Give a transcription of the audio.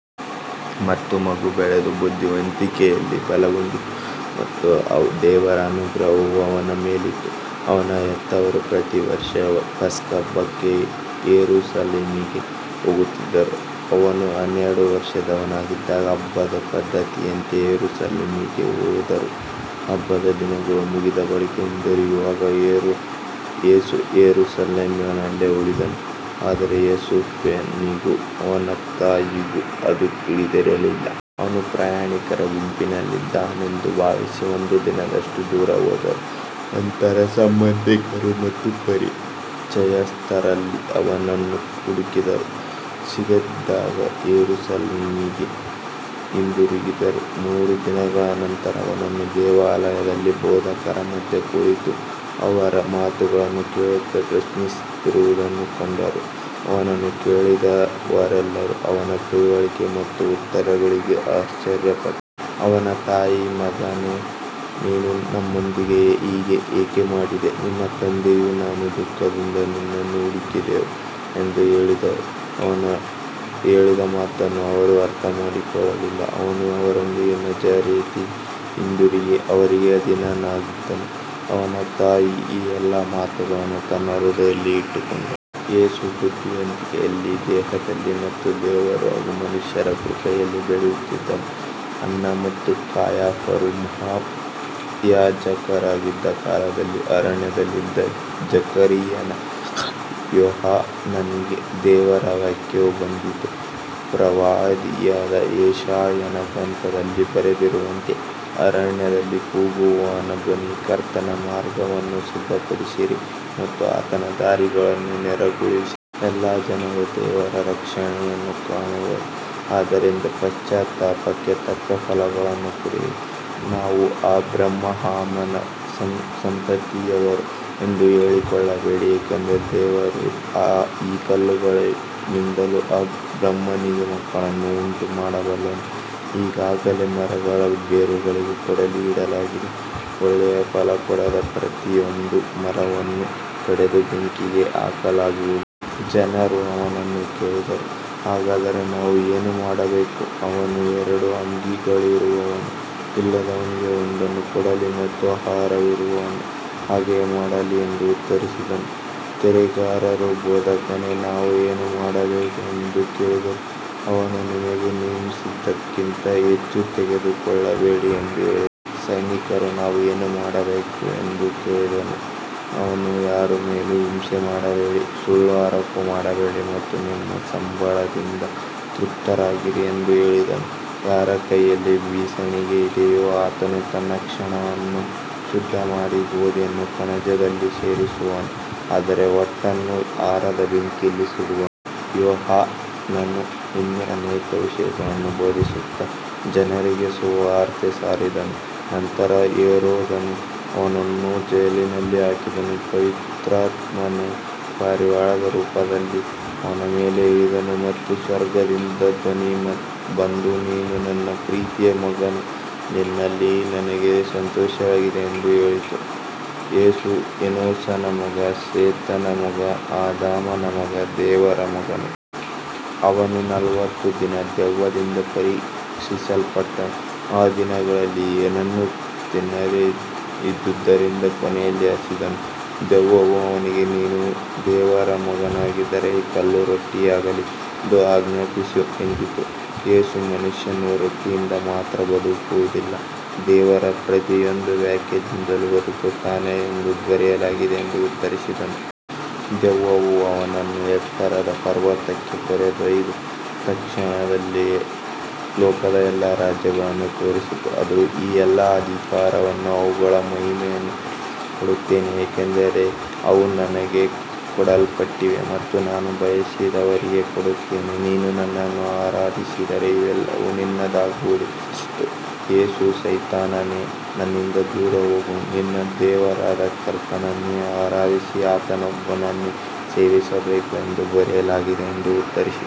ಮತ್ತು ಮಗು ಬೆಳೆದು ಬುದ್ಧಿವಂತಿಕೆಯಲ್ಲಿ ಬಲಗೊಂಡಿತು ಮತ್ತು ದೇವರ ಅನುಗ್ರಹವು ಅವನ ಮೇಲಿತ್ತು. ಅವನ ಹೆತ್ತವರು ಪ್ರತಿವರ್ಷ ಪಸ್ಕಹಬ್ಬಕ್ಕೆ ಯೆರೂಸಲೇಮಿಗೆ ಹೋಗುತ್ತಿದ್ದರು. ಅವನು ಹನ್ನೆರಡು ವರ್ಷದವನಾಗಿದ್ದಾಗ ಹಬ್ಬದ ಪದ್ಧತಿಯಂತೆ ಯೆರೂಸಲೇಮಿಗೆ ಹೋದರು. ಹಬ್ಬದ ದಿನಗಳು ಮುಗಿದ ಬಳಿಕ ಹಿಂದಿರುಗುವಾಗ ಯೇಸು ಯೆರೂಸಲೇಮಿನಲ್ಲೇ ಉಳಿದನು, ಆದರೆ ಯೋಸೇಫನಿಗೂ ಅವನ ತಾಯಿಗೂ ಅದು ತಿಳಿದಿರಲಿಲ್ಲ. ಅವನು ಪ್ರಯಾಣಿಕರ ಗುಂಪಿನಲ್ಲಿದ್ದಾನೆಂದು ಭಾವಿಸಿ ಒಂದು ದಿನದಷ್ಟು ದೂರ ಹೋದರು. ನಂತರ ಸಂಬಂಧಿಕರು ಮತ್ತು ಪರಿಚಯಸ್ಥರಲ್ಲಿ ಅವನನ್ನು ಹುಡುಕಿದರು. ಸಿಗದಿದ್ದಾಗ ಯೆರೂಸಲೇಮಿಗೆ ಹಿಂದಿರುಗಿದರು. ಮೂರು ದಿನಗಳ ನಂತರ ಅವನನ್ನು ದೇವಾಲಯದಲ್ಲಿ ಬೋಧಕರ ಮಧ್ಯೆ ಕುಳಿತು ಅವರ ಮಾತುಗಳನ್ನು ಕೇಳುತ್ತಾ ಪ್ರಶ್ನಿಸುತ್ತಿರುವುದನ್ನು ಕಂಡರು. ಅವನನ್ನು ಕೇಳಿದವರೆಲ್ಲರೂ ಅವನ ತಿಳುವಳಿಕೆ ಮತ್ತು ಉತ್ತರಗಳಿಗೆ ಆಶ್ಚರ್ಯಪಟ್ಟರು. ಅವನ ತಾಯಿ, ಮಗನೇ, ನೀನು ನಮ್ಮೊಂದಿಗೆ ಹೀಗೆ ಏಕೆ ಮಾಡಿದೆ? ನಿನ್ನ ತಂದೆಯೂ ನಾನೂ ದುಃಖದಿಂದ ನಿನ್ನನ್ನು ಹುಡುಕಿದೆವು ಎಂದು ಹೇಳಿದಳು. ಅವನು ಹೇಳಿದ ಮಾತನ್ನು ಅವರು ಅರ್ಥಮಾಡಿಕೊಳ್ಳಲಿಲ್ಲ. ಅವನು ಅವರೊಂದಿಗೆ ನಜರೇತಿಗೆ ಹಿಂದಿರುಗಿ ಅವರಿಗೆ ಅಧೀನನಾಗಿದ್ದನು. ಅವನ ತಾಯಿ ಈ ಎಲ್ಲಾ ಮಾತುಗಳನ್ನು ತನ್ನ ಹೃದಯದಲ್ಲಿ ಇಟ್ಟುಕೊಂಡಳು. ಯೇಸು ಬುದ್ಧಿವಂತಿಕೆಯಲ್ಲಿ, ದೇಹದಲ್ಲಿ ಮತ್ತು ದೇವರು ಹಾಗೂ ಮನುಷ್ಯರ ಕೃಪೆಯಲ್ಲಿ ಬೆಳೆಯುತ್ತಿದ್ದನು. ಅನ್ನ ಮತ್ತು ಕಾಯಫರು ಮಹಾಯಾಜಕರಾಗಿದ್ದ ಕಾಲದಲ್ಲಿ ಅರಣ್ಯದಲ್ಲಿದ್ದ ಜಕರೀಯನ ಮಗ ಯೋಹಾನನಿಗೆ ದೇವರ ವಾಕ್ಯವು ಬಂದಿತು. ಪ್ರವಾದಿಯಾದ ಯೆಶಾಯನ ಗ್ರಂಥದಲ್ಲಿ ಬರೆದಿರುವಂತೆ, ಅರಣ್ಯದಲ್ಲಿ ಕೂಗುವವನ ಧ್ವನಿ, ಕರ್ತನ ಮಾರ್ಗವನ್ನು ಸಿದ್ಧಪಡಿಸಿರಿ ಮತ್ತು ಆತನ ದಾರಿಗಳನ್ನು ನೇರಗೊಳಿಸಿರಿ. ಎಲ್ಲಾ ಜನರೂ ದೇವರ ರಕ್ಷಣೆಯನ್ನು ಕಾಣುವರು. ಆದ್ದರಿಂದ ಪಶ್ಚಾತ್ತಾಪಕ್ಕೆ ತಕ್ಕ ಫಲಗಳನ್ನು ಕೊಡಿರಿ. ನಾವು ಅಬ್ರಹಾಮನ ಸಂತತಿಯವರು ಎಂದು ಹೇಳಿಕೊಳ್ಳಬೇಡಿ, ಏಕೆಂದರೆ ದೇವರು ಈ ಕಲ್ಲುಗಳಿಂದಲೂ ಅಬ್ರಹಾಮನಿಗೆ ಮಕ್ಕಳನ್ನು ಉಂಟುಮಾಡಬಲ್ಲನು. ಈಗಾಗಲೇ ಮರಗಳ ಬೇರುಗಳಿಗೆ ಕೊಡಲಿ ಇಡಲಾಗಿದೆ. ಒಳ್ಳೆಯ ಫಲ ಕೊಡದ ಪ್ರತಿಯೊಂದು ಮರವನ್ನು ಕಡಿದು ಬೆಂಕಿಗೆ ಹಾಕಲಾಗುವುದು. ಜನರು ಅವನನ್ನು ಕೇಳಿದರು, ಹಾಗಾದರೆ ನಾವು ಏನು ಮಾಡಬೇಕು? ಅವನು, ಎರಡು ಅಂಗಿಗಳಿರುವವನು ಇಲ್ಲದವನಿಗೆ ಒಂದನ್ನು ಕೊಡಲಿ ಮತ್ತು ಆಹಾರವಿರುವವನು ಹಾಗೆಯೇ ಮಾಡಲಿ ಎಂದು ಉತ್ತರಿಸಿದನು. ತೆರಿಗೆಗಾರರು, ಬೋಧಕನೇ, ನಾವು ಏನು ಮಾಡಬೇಕು ಎಂದು ಕೇಳಿದರು. ಅವನು, ನಿಮಗೆ ನೇಮಿಸಿದಕ್ಕಿಂತ ಹೆಚ್ಚು ತೆಗೆದುಕೊಳ್ಳಬೇಡಿ ಎಂದು ಹೇಳಿದನು. ಸೈನಿಕರೂ ನಾವು ಏನು ಮಾಡಬೇಕು ಎಂದು ಕೇಳಿದರು. ಅವನು, ಯಾರ ಮೇಲೂ ಹಿಂಸೆ ಮಾಡಬೇಡಿ, ಸುಳ್ಳು ಆರೋಪ ಮಾಡಬೇಡಿ ಮತ್ತು ನಿಮ್ಮ ಸಂಬಳದಿಂದ ತೃಪ್ತರಾಗಿರಿ ಎಂದು ಹೇಳಿದನು. ಯಾರ ಕೈಯಲ್ಲಿ ಬೀಸಣಿಗೆ ಇದೆಯೋ ಆತನು ತನ್ನ ಕಣವನ್ನು ಶುದ್ಧಮಾಡಿ ಗೋಧಿಯನ್ನು ಕಣಜದಲ್ಲಿ ಸೇರಿಸುವನು, ಆದರೆ ಹೊಟ್ಟನ್ನು ಆರದ ಬೆಂಕಿಯಲ್ಲಿ ಸುಡುವನು. ಯೋಹಾನನು ಇನ್ನೂ ಅನೇಕ ವಿಷಯಗಳನ್ನು ಬೋಧಿಸುತ್ತಾ ಜನರಿಗೆ ಸುವಾರ್ತೆ ಸಾರಿದನು. ನಂತರ ಹೆರೋದನು ಅವನನ್ನು ಜೈಲಿನಲ್ಲಿ ಹಾಕಿದನು. ಪವಿತ್ರಾತ್ಮನು ಪಾರಿವಾಳದ ರೂಪದಲ್ಲಿ ಅವನ ಮೇಲೆ ಇಳಿದನು ಮತ್ತು ಸ್ವರ್ಗದಿಂದ ಧ್ವನಿ ಬಂದು, ನೀನು ನನ್ನ ಪ್ರೀತಿಯ ಮಗನು, ನಿನ್ನಲ್ಲಿ ನನಗೆ ಸಂತೋಷವಾಗಿದೆ ಎಂದು ಹೇಳಿತು. ಯೇಸು ಎನೋಷನ ಮಗ, ಸೇತನ ಮಗ, ಆದಾಮನ ಮಗ, ದೇವರ ಮಗನು. ಅವನು ನಲವತ್ತು ದಿನ ದೆವ್ವದಿಂದ ಪರೀಕ್ಷಿಸಲ್ಪಟ್ಟನು. ಆ ದಿನಗಳಲ್ಲಿ ಏನನ್ನೂ ತಿನ್ನದೆ ಇದ್ದುದರಿಂದ ಕೊನೆಯಲ್ಲಿ ಹಸಿದನು. ದೆವ್ವವು ಅವನಿಗೆ, ನೀನು ದೇವರ ಮಗನಾಗಿದ್ದರೆ ಈ ಕಲ್ಲು ರೊಟ್ಟಿಯಾಗಲಿ ಎಂದು ಆಜ್ಞಾಪಿಸು ಎಂದಿತು. ಯೇಸು, ಮನುಷ್ಯನು ರೊಟ್ಟಿಯಿಂದ ಮಾತ್ರ ಬದುಕುವುದಿಲ್ಲ, ದೇವರ ಪ್ರತಿಯೊಂದು ವಾಕ್ಯದಿಂದಲೂ ಬದುಕುತ್ತಾನೆ ಎಂದು ಬರೆಯಲಾಗಿದೆ ಎಂದು ಉತ್ತರಿಸಿದನು. ದೆವ್ವವು ಅವನನ್ನು ಎತ್ತರದ ಪರ್ವತಕ್ಕೆ ಕರೆದೊಯ್ದು ಕ್ಷಣದಲ್ಲೇ ಲೋಕದ ಎಲ್ಲಾ ರಾಜ್ಯಗಳನ್ನು ತೋರಿಸಿತು. ಅದು, ಈ ಎಲ್ಲಾ ಅಧಿಕಾರವನ್ನೂ ಅವುಗಳ ಮಹಿಮೆಯನ್ನೂ ನಿನಗೆ ಕೊಡುತ್ತೇನೆ, ಏಕೆಂದರೆ ಅವು ನನಗೆ ಕೊಡಲ್ಪಟ್ಟಿವೆ ಮತ್ತು ನಾನು ಬಯಸಿದವರಿಗೆ ಕೊಡುತ್ತೇನೆ. ನೀನು ನನ್ನನ್ನು ಆರಾಧಿಸಿದರೆ ಇವೆಲ್ಲವೂ ನಿನ್ನದಾಗುವುದು ಎಂದಿತು. ಯೇಸು, ಸೈತಾನನೇ, ನನ್ನಿಂದ ದೂರ ಹೋಗು, ನಿನ್ನ ದೇವರಾದ ಕರ್ತನನ್ನೇ ಆರಾಧಿಸಿ ಆತನೊಬ್ಬನನ್ನೇ ಸೇವಿಸಬೇಕು ಎಂದು ಬರೆಯಲಾಗಿದೆ ಎಂದು ಉತ್ತರಿಸಿದನು.